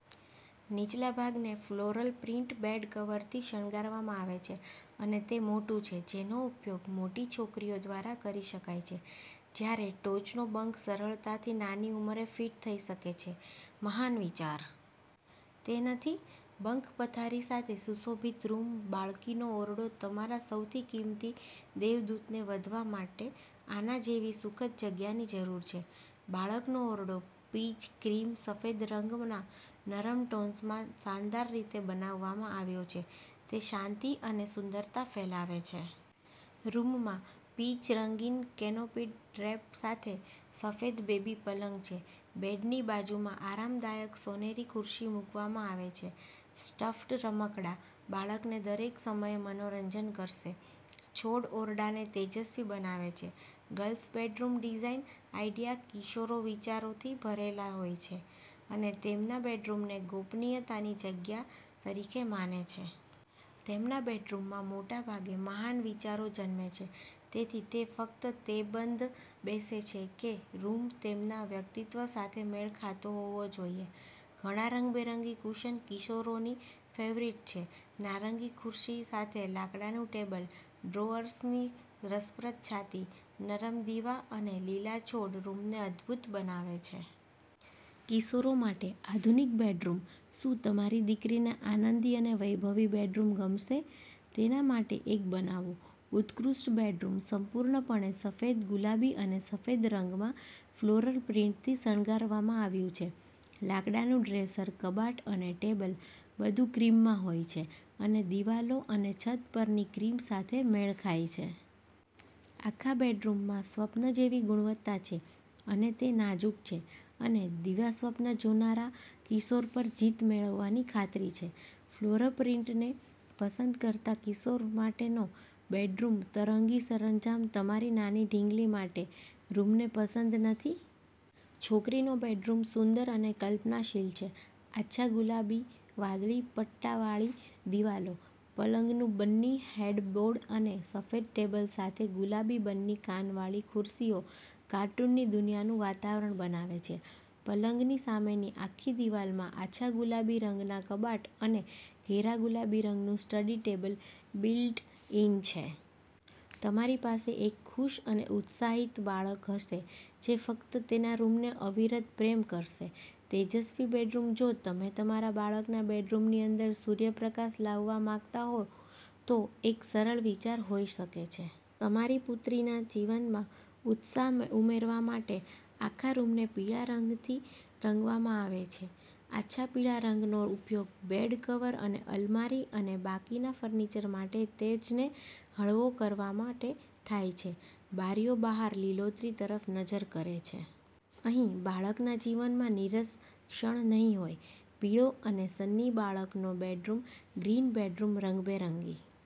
નીચલા ભાગને floral print bed કવરથી શણગારવામાં આવે છે અને તે મોટું છે જેનો ઉપયોગ મોટી છોકરી દ્વારા કરી શકાય છે જ્યારે ટોચનો બંક સરળતાથી નાની ઉંમરે ફિટ થઈ શકે છે. મહાન વિચાર! તે નથી? બંક પથારી સાથે સુશોભિત રૂમ બાળકીનો ઓરડો તમારા સૌથી કિંમતી દેવદૂતને વધવા માટે આના જેવી સુખદ જગ્યાની જરૂર છે. બાળકનો ઓરડો પીચ-ક્રીમ-સફેદ રંગના નરમ ટોન્સમાં શાનદાર રીતે બનાવવામાં આવ્યો છે. તે શાંતિ અને સુંદરતા ફેલાવે છે. રૂમમાં પીચ-રંગીન, કેનોપીડ ડ્રેપ સાથે સફેદ બેબી પલંગ છે. બેડની બાજુમાં આરામદાયક સોનેરી ખુરશી મૂકવામાં આવે છે. સ્ટફ્ડ રમકડાં બાળકને દરેક સમયે મનોરંજન કરશે. છોડ ઓરડાને તેજસ્વી બનાવે છે. ગર્લ્સ બેડરૂમ ડિઝાઇન આઈડિયા કિશોરો વિચારોથી ભરેલા હોય છે અને તેમના બેડરૂમને ગોપનીયતાની જગ્યા તરીકે માને છે. તેમના બેડરૂમમાં મોટાભાગે મહાન વિચારો જન્મે છે, તેથી તે ફક્ત તેબંધબેસે છે કે રૂમ તેમના વ્યક્તિત્વ સાથે મેળ ખાતો હોવો જોઈએ. ઘણાં રંગબેરંગી કુશન કિશોરોની ફેવરિટ છે. નારંગી ખુરશી સાથે લાકડાનું ટેબલ, ડ્રોઅર્સની રસપ્રદ છાતી, નરમ દીવા અને લીલા છોડ રૂમને અદ્ભુત બનાવે છે. કિશોરો માટે આધુનિક બેડરૂમ. શું તમારી દીકરીને આનંદી અને વૈભવી બેડરૂમ ગમશે? તેના માટે એક બનાવો. ઉત્કૃષ્ટ બેડરૂમ સંપૂર્ણપણે સફેદ ગુલાબી અને સફેદ રંગમાં ફ્લોરલ પ્રિન્ટથી શણગારવામાં આવ્યું છે. લાકડાનું ડ્રેસર, કબાટ અને ટેબલ બધું ક્રીમમાં હોય છે અને દિવાલો અને છત પરની ક્રીમ સાથે મેળ ખાય છે. આખા બેડરૂમમાં સ્વપ્ન જેવી ગુણવત્તા છે અને તે નાજુક છે અને દિવાસ્વપ્ન જોનારા કિશોર પર જીત મેળવવાની ખાતરી છે. ફ્લોરલ પ્રિન્ટને પસંદ કરતા કિશોર માટેનો બેડરૂમ તરંગી સરંજામ તમારી નાની ઢીંગલી માટે રૂમને પસંદ નથી? છોકરીનો બેડરૂમ સુંદર અને કલ્પનાશીલ છે. આછા ગુલાબી-વાદળી પટ્ટાવાળી દિવાલો, પલંગનું બન્ની હેડબોર્ડ અને સફેદ ટેબલ સાથે ગુલાબી બન્ની કાનવાળી ખુરશીઓ કાર્ટૂનની દુનિયાનું વાતાવરણ બનાવે છે. પલંગની સામેની આખી દિવાલમાં આછા ગુલાબી રંગના કબાટ અને ઘેરા ગુલાબી રંગનું સ્ટડી ટેબલ બિલ્ટ-ઇન છે. તમારી પાસે એક ખુશ અને ઉત્સાહિત બાળક હશે જે ફક્ત તેના રૂમને અવિરત પ્રેમ કરશે. તેજસ્વી બેડરૂમ જો તમે તમારા બાળકના બેડરૂમની અંદર સૂર્યપ્રકાશ લાવવા માંગતા હોવ તો એક સરસ વિચાર હોઈ શકે છે. તમારી પુત્રીના જીવનમાં ઉત્સાહ ઉમેરવા માટે આખા રૂમને પીળા રંગથી રંગવામાં આવે છે. આછા પીળા રંગનો ઉપયોગ બેડ કવર અને અલમારી અને બાકીના ફર્નિચર માટે તેજને હળવો કરવા માટે થાય છે. બારીઓ બહાર લીલોતરી તરફ નજર કરે છે. અહીં બાળકના જીવનમાં નીરસ ક્ષણ નહીં હોય! પીળો અને સન્ની બાળકનો બેડરૂમ ગ્રીન બેડરૂમ રંગબેરંગી